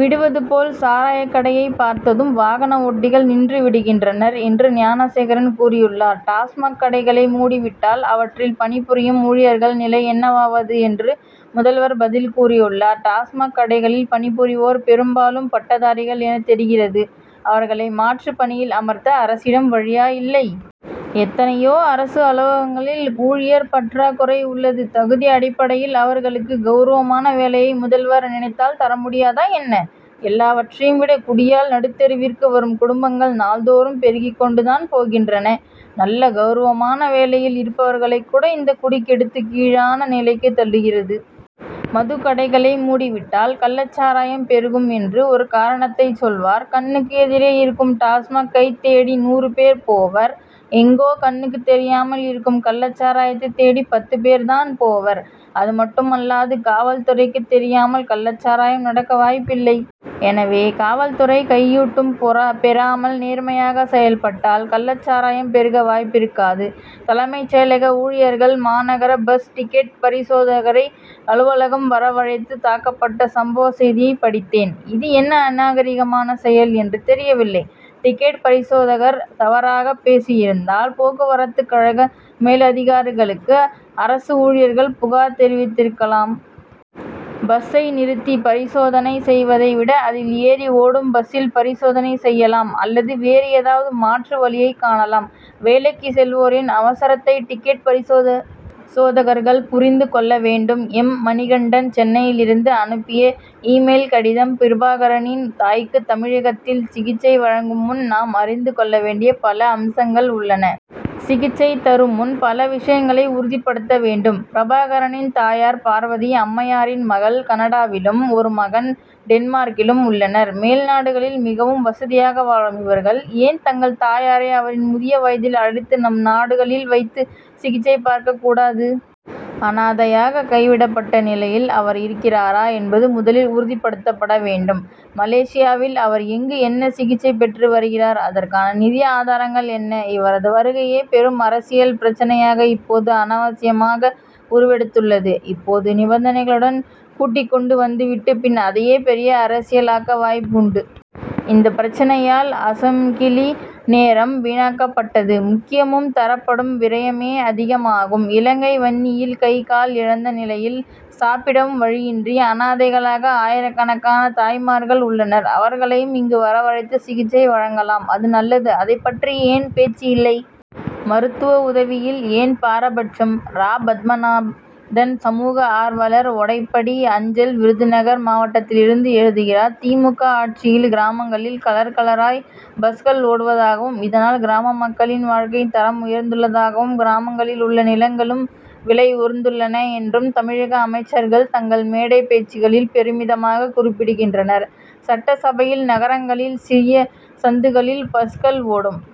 விடுவது போல் சாராயக் கடையைப் பார்த்ததும் வாகன ஓட்டிகள் நின்று விடுகின்றனர் என்று ஞானசேகரன் கூறியுள்ளார். டாஸ்மாக் கடைகளை மூடிவிட்டால் அவற்றில் பணிபுரியும் ஊழியர்கள் நிலை என்னாவது என்று முதல்வர் பதில் கூறியுள்ளார். டாஸ்மாக் கடைகளில் பணிபுரிவோர் பெரும்பாலும் பட்டதாரிகள் என தெரிகிறது. அவர்களை மாற்று பணியில் அமர்த்த அரசிடம் வழியா இல்லை. எத்தனையோ அரசு அலுவலகங்களில் ஊழியர் பற்றாக்குறை உள்ளது. தகுதி அடிப்படையில் அவர்களுக்கு கவுரவமான வேலையை முதல்வர் நினைத்தால் தர முடியாதா என்ன. எல்லாவற்றையும் விட குடியால் நடுத்தெருவிற்கு வரும் குடும்பங்கள் நாள்தோறும் பெருகிக் கொண்டுதான் போகின்றன. நல்ல கவுரவமான வேலையில் இருப்பவர்களைக் கூட இந்த குடி கெடுத்து கீழான நிலைக்கு தள்ளுகிறது. மதுக்கடைகளை மூடிவிட்டால் கள்ளச் சாராயம் பெருகும் என்று ஒரு காரணத்தைச் சொல்வர். கண்ணுக்கு எதிரே இருக்கும் டாஸ்மாக் கைத் தேடி நூறு பேர் போவர். எங்கோ கண்ணுக்குத் தெரியாமல் இருக்கும் கள்ளச் சாராயத்தைத் தேடி பத்து பேர் தான் போவர். அதுமட்டுமல்லாது காவல் துறைக்குத் தெரியாமல் கள்ளச் சாராயம் நடக்க வாய்ப்பில்லை. எனவே காவல்துறை கையூட்டும் பெறாமல் நேர்மையாக செயல்பட்டால் கள்ளச் சாராயம் பெருக வாய்ப்பிருக்காது. தலைமைச் செயலக ஊழியர்கள் மாநகரப் பஸ் டிக்கெட் பரிசோதகரை அலுவலகம் வரவழைத்து தாக்கப்பட்ட சம்பவ செய்தியை படித்தேன். இது என்ன அநாகரிகமான செயல் என்று தெரியவில்லை. டிக்கெட் பரிசோதகர் தவறாகப் பேசியிருந்தால் போக்குவரத்துக் கழக மேலதிகாரிகளுக்கு அரசு ஊழியர்கள் புகார் தெரிவித்திருக்கலாம். பஸ்சை நிறுத்தி பரிசோதனை செய்வதை விட அதில் ஏறி ஓடும் பஸ்சில் பரிசோதனை செய்யலாம் அல்லது வேறு ஏதாவது மாற்று வழியைக் காணலாம். வேலைக்கு செல்வோரின் அவசரத்தை டிக்கெட் பரிசோதகர்கள் புரிந்து கொள்ள வேண்டும். எம். மணிகண்டன் சென்னையிலிருந்து அனுப்பிய இ-மெயில் கடிதம் பிரபாகரனின் தாய்க்கு தமிழகத்தில் சிகிச்சை வழங்கும் முன் நாம் அறிந்து கொள்ள வேண்டிய பல அம்சங்கள் உள்ளன. சிகிச்சை தருமுன் பல விஷயங்களை உறுதிப்படுத்த வேண்டும். பிரபாகரனின் தாயார் பார்வதி அம்மையாரின் மகள் கனடாவிலும் ஒரு மகன் டென்மார்க்கிலும் உள்ளனர். மேல்நாடுகளில் மிகவும் வசதியாக வாழும் இவர்கள் ஏன் தங்கள் தாயாரை அவரின் முதிய வயதில் அழைத்து தம் நாடுகளில் வைத்து சிகிச்சை பார்க்கக் கூடாது. அனாதையாக கைவிடப்பட்ட நிலையில் அவர் இருக்கிறாரா என்பது முதலில் உறுதிப்படுத்தப்பட வேண்டும். மலேசியாவில் அவர் எங்கு என்ன சிகிச்சை பெற்று வருகிறார். அதற்கான நிதி ஆதாரங்கள் என்ன. இவரது வருகையே பெரும் அரசியல் பிரச்னையாக இப்போது அனாவசியமாக உருவெடுத்துள்ளது. இப்போது நிபந்தனைகளுடன் கூட்டிக்கொண்டு வந்துவிட்டு பின் அதையே பெரிய அரசியலாக்க வாய்ப்பு உண்டு. இந்தப் பிரச்னையால் அசெம்பிளி நேரமும் வீணாக்கப்பட்டு முக்கியமும் தரப்பட்டு விரயமே அதிகமாகும். இலங்கை வன்னியில் கை கால் இழந்த நிலையில் சாப்பிடவும் வழியின்றி அனாதைகளாக ஆயிரக்கணக்கான தாய்மார்கள் உள்ளனர். அவர்களையும் இங்கு வரவழைத்து சிகிச்சை வழங்கலாம் அது நல்லது. அதைப் பற்றி ஏன் பேச்சு இல்லை. மருத்துவ உதவியில் ஏன் பாரபட்சம். ரா. பத்மநாதன் சமூக ஆர்வலர் ஓடைப்பட்டி அஞ்சல் விருதுநகர் மாவட்டத்திலிருந்து எழுதுகிறார் தி. மு. க. ஆட்சியில் கிராமங்களில் கலர் கலராய் பஸ்கள் ஓடுவதாகவும் இதனால் கிராம மக்களின் வாழ்க்கை தரம் உயர்ந்துள்ளதாகவும் கிராமங்களில் உள்ள நிலங்களும் விலை உயர்ந்துள்ளன என்றும் தமிழக அமைச்சர்கள் தங்கள் மேடை பேச்சுகளில் பெருமிதமாக குறிப்பிடுகின்றனர். சட்டசபையில் நகரங்களில் சிறிய சந்துகளிலும் பஸ்கள் ஓடும்.